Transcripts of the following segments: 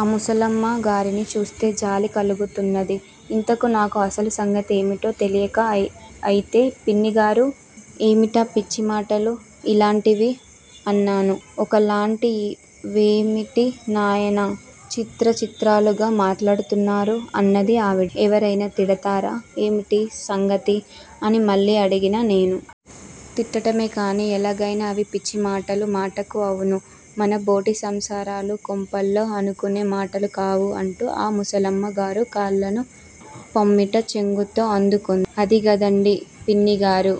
ఆ ముసలమ్మ గారిని చూస్తే జాలీ కలుగుతున్నది. ఇంతకూ నాకు అసలు సంగతి ఏమిటో తెలియక అయితే పిన్నిగారూ, ఏమిటా పిచ్చి మాటలు, ఇలాంటివి? అన్నాను. ఒక లాంటి వేమిటి నాయనా, చిత్ర చిత్రాలుగా మాట్లాడుతున్నారు, అన్నది ఆవిడ. ఎవరినైనా తిడతారా, ఏమిటీ సంగతి? అని మళ్ళీ అడిగా నేను. తిట్టటమే కానీ, ఎలాగైన అవి పిచ్చి మాటలు మటుకు అవును. మన బోటి సంసారుల కొంపల్లో అనుకునే మాటలు కావు అంటూ ఆ ముసలమ్మ గారు కళ్ళను పమిట చెంగుతో అందుకొంది. అది గాదండీ పిన్నిగారూ,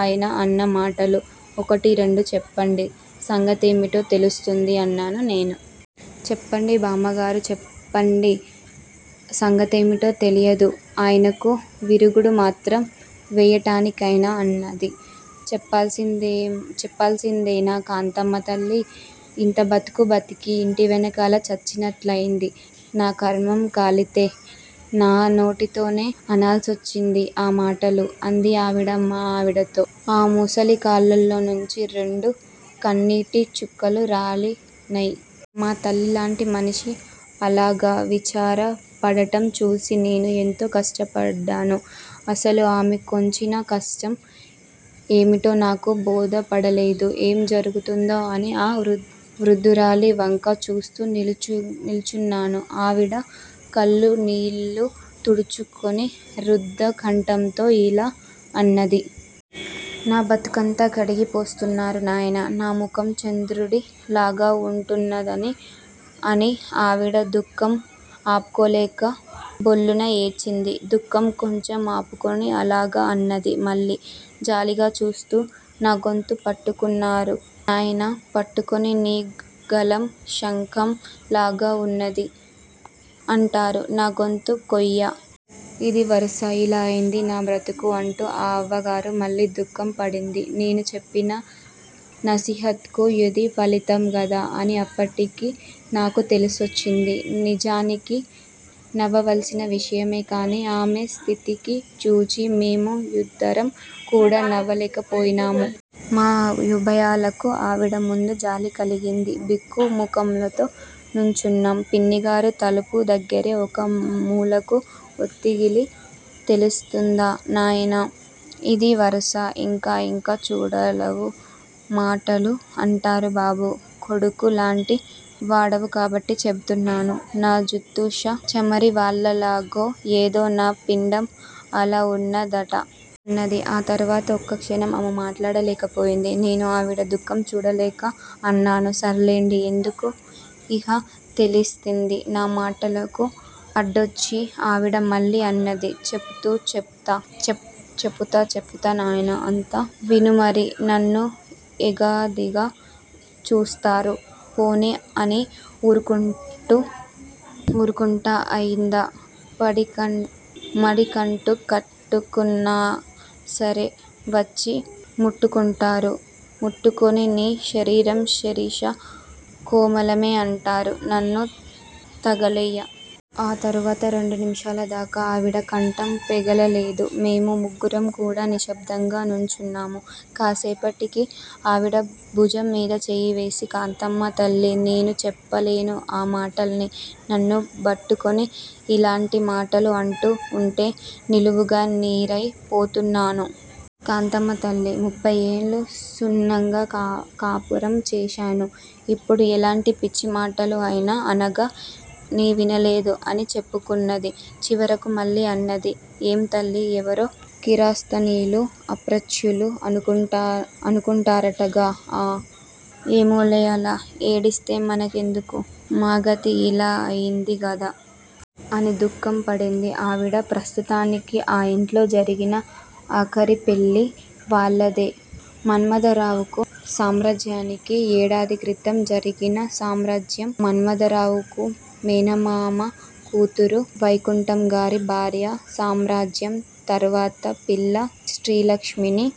ఆయన అన్న మాటలు ఒకటి రెండు చెప్పండి. సంగతేమిటో తెలుస్తుంది అన్నాను నేను. చెప్పండి బామ్మగారూ, చెప్పండి, సంగతేమిటో తెలియొద్దూ! ఆయనకు, విరుగుడు మత్రం వేయటానికైనా అన్నది. చెప్పాలిసిందేనా కాంతమ్మ తల్లీ! ఇంత బతుకూ బతికి ఇంటి వెనకాల చచ్చినట్లైంది. నాకర్మం కాలితే నా నోటితోనే అనాలిసొచ్చింది ఆ మాటలు! అంది ఆవిడ మా ఆవిడతో, ఆ ముసలి కళ్ళలోనుంచి రెండు కన్నీటి చుక్కలు రాలినై. మా తల్లిలాంటి మనిషి అలాగ విచార పడడం చూచి నేనూ ఎంతో కష్టపడ్డాను. అసలు ఆమె కొచ్చిన కష్టం ఏమిటో నాకు బోధపడలేదు. ఏం జెపుతుందో అని ఆ వృద్దురాలి వంక చూస్తూ నిలుచున్నాను. ఆవిడా కళ్ళ నీళ్ళు తుడుచుకొని రుద్ధ కంఠంతో ఇలా అన్నది. నా బతుకంతా కడిగి పోస్తున్నారు నాయనా నా ముఖం చంద్రుడి లాగ ఉంటున్నదని, అని ఆవిడ దుఃఖం ఆపుకోలేక భొళ్ళున ఏడ్చింది. దుఃఖం కొంచెం ఆపుకొని ఇలాగ అన్నది మళ్ళీ, జాలిగా చూస్తూ, నాగొంతు పట్టుకున్నారు నాయినా పట్టుకునీ నీ గళం శంఖం లాగ ఉన్నదీ అంటారు, నా గొంతు కొయ్య! ఇదీ వరస ఇలా అయింది నా బ్రతుకు అంటూ ఆ అవ్వగారు మళ్ళీ దుఃఖ పదిండి నేను చెప్పిన నసీహత్ కు యిది ఫలితం కదా అని అప్పటికి నాకు తెలిసొచ్చింది. నిజానికి నవ్వవలసిన విషయమే. కాని ఆమె స్థితికి జూచి మేము యిద్దరం కూడా నవ్వలేక పోయినాము. మా ఉభయులకూ ఆవిడ యందు జాలి కలిగింది. బిక్క ముఖాలతో నుంచున్నాం. పిన్నిగారు తలుపు దగ్గరే ఒక మూలకు ఒత్తిగిలి తెలుస్తుందా నాయినా, ఇదీ వరస, ఇంకా, ఇంకా చండాలపు మాటలు అంటారు బాబూ! కొడుకు లాంటి వాడవు కాబట్టి చెపుతున్నాను. నా జుత్తుషా చమరీ వాలాల్లాగో, ఏదో నా పిండం, అలా ఉన్న దట! అన్నది. ఆ తరువాత ఒక క్షణం ఆమె మాట్లాడలేక పోయింది. నేను ఆవిడ దుఃఖం చూడలేక అన్నానూ, సరేలెండి ఎందుకూ ఇహ తెలుస్తుంది నా మాటకు అడ్డొచ్చి ఆవిడ మళ్ళీ అన్నదీ. చెపుతూ చెప్తా, చెపుతా నాయినా, అంతా విను మరీ, నన్ను ఎగాదిగా చూస్తారు. పోనీ అని ఊరుకుంటా, అయిందా, మడికట్టు కట్టుకున్నా సరే వచ్చి ముట్టుకుంటారు, ముట్టుకుని నీ శరీరం శిరీష కోమలమే అంటారు, నన్ను తగలెయ్య! ఆ తరువాత రెండు నిమిషాల దాకా ఆవిడ కంఠం పెగలలేదు, మేము ముగ్గురం కూడా నిశ్శబ్దంగా నుంచున్నాము. కాసేపటికి ఆవిడ బుజం మీద చెయ్యి వేసి కాంతమ్మ తల్లీ నేను చెప్పలేను ఆ మాటలన్నీ నన్ను బట్టుకుని ఇల్లాంటి మాటలు అంటూ ఉంటే నిలువుగా నీరై పోతున్నాను. కాంతమ్మ తల్లీ, ముప్పై ఏళ్ళు సున్నంగా కాపరం చేశాను. ఎప్పుడూ ఇలాంటి పిచ్చి మాటలు ఆయన అనగా నేవినలేదు అని చెప్పుకొన్నది. చివరకు మళ్ళీ అన్నది, ఏం తల్లీ, ఎవరో కిరస్తానీలూ అప్రాచ్యులూ అనుకుంటారటఅనుకుంటారటగా అ! ఏమోలే ఎలా ఏడిస్తే మన కెందుకు? మా గతి ఇలా అయినది గదా? అని దుఃఖ పడ్డది ఆవిడ. ప్రస్తుతానికి ఆ ఇంట్లో జరిగిన ఆఖరి పెళ్ళి వాళ్ళదే మన్మథరావుకూ, సామ్రాజ్యానికి ఏడాది క్రితం జరిగింది. సామ్రాజ్యం మన్మథరావుకు మేనమామ కూతురు. వైకుంఠంగారి భార్య సామ్రాజ్యం తర్వాత పిల్ల శ్రీలక్ష్మిని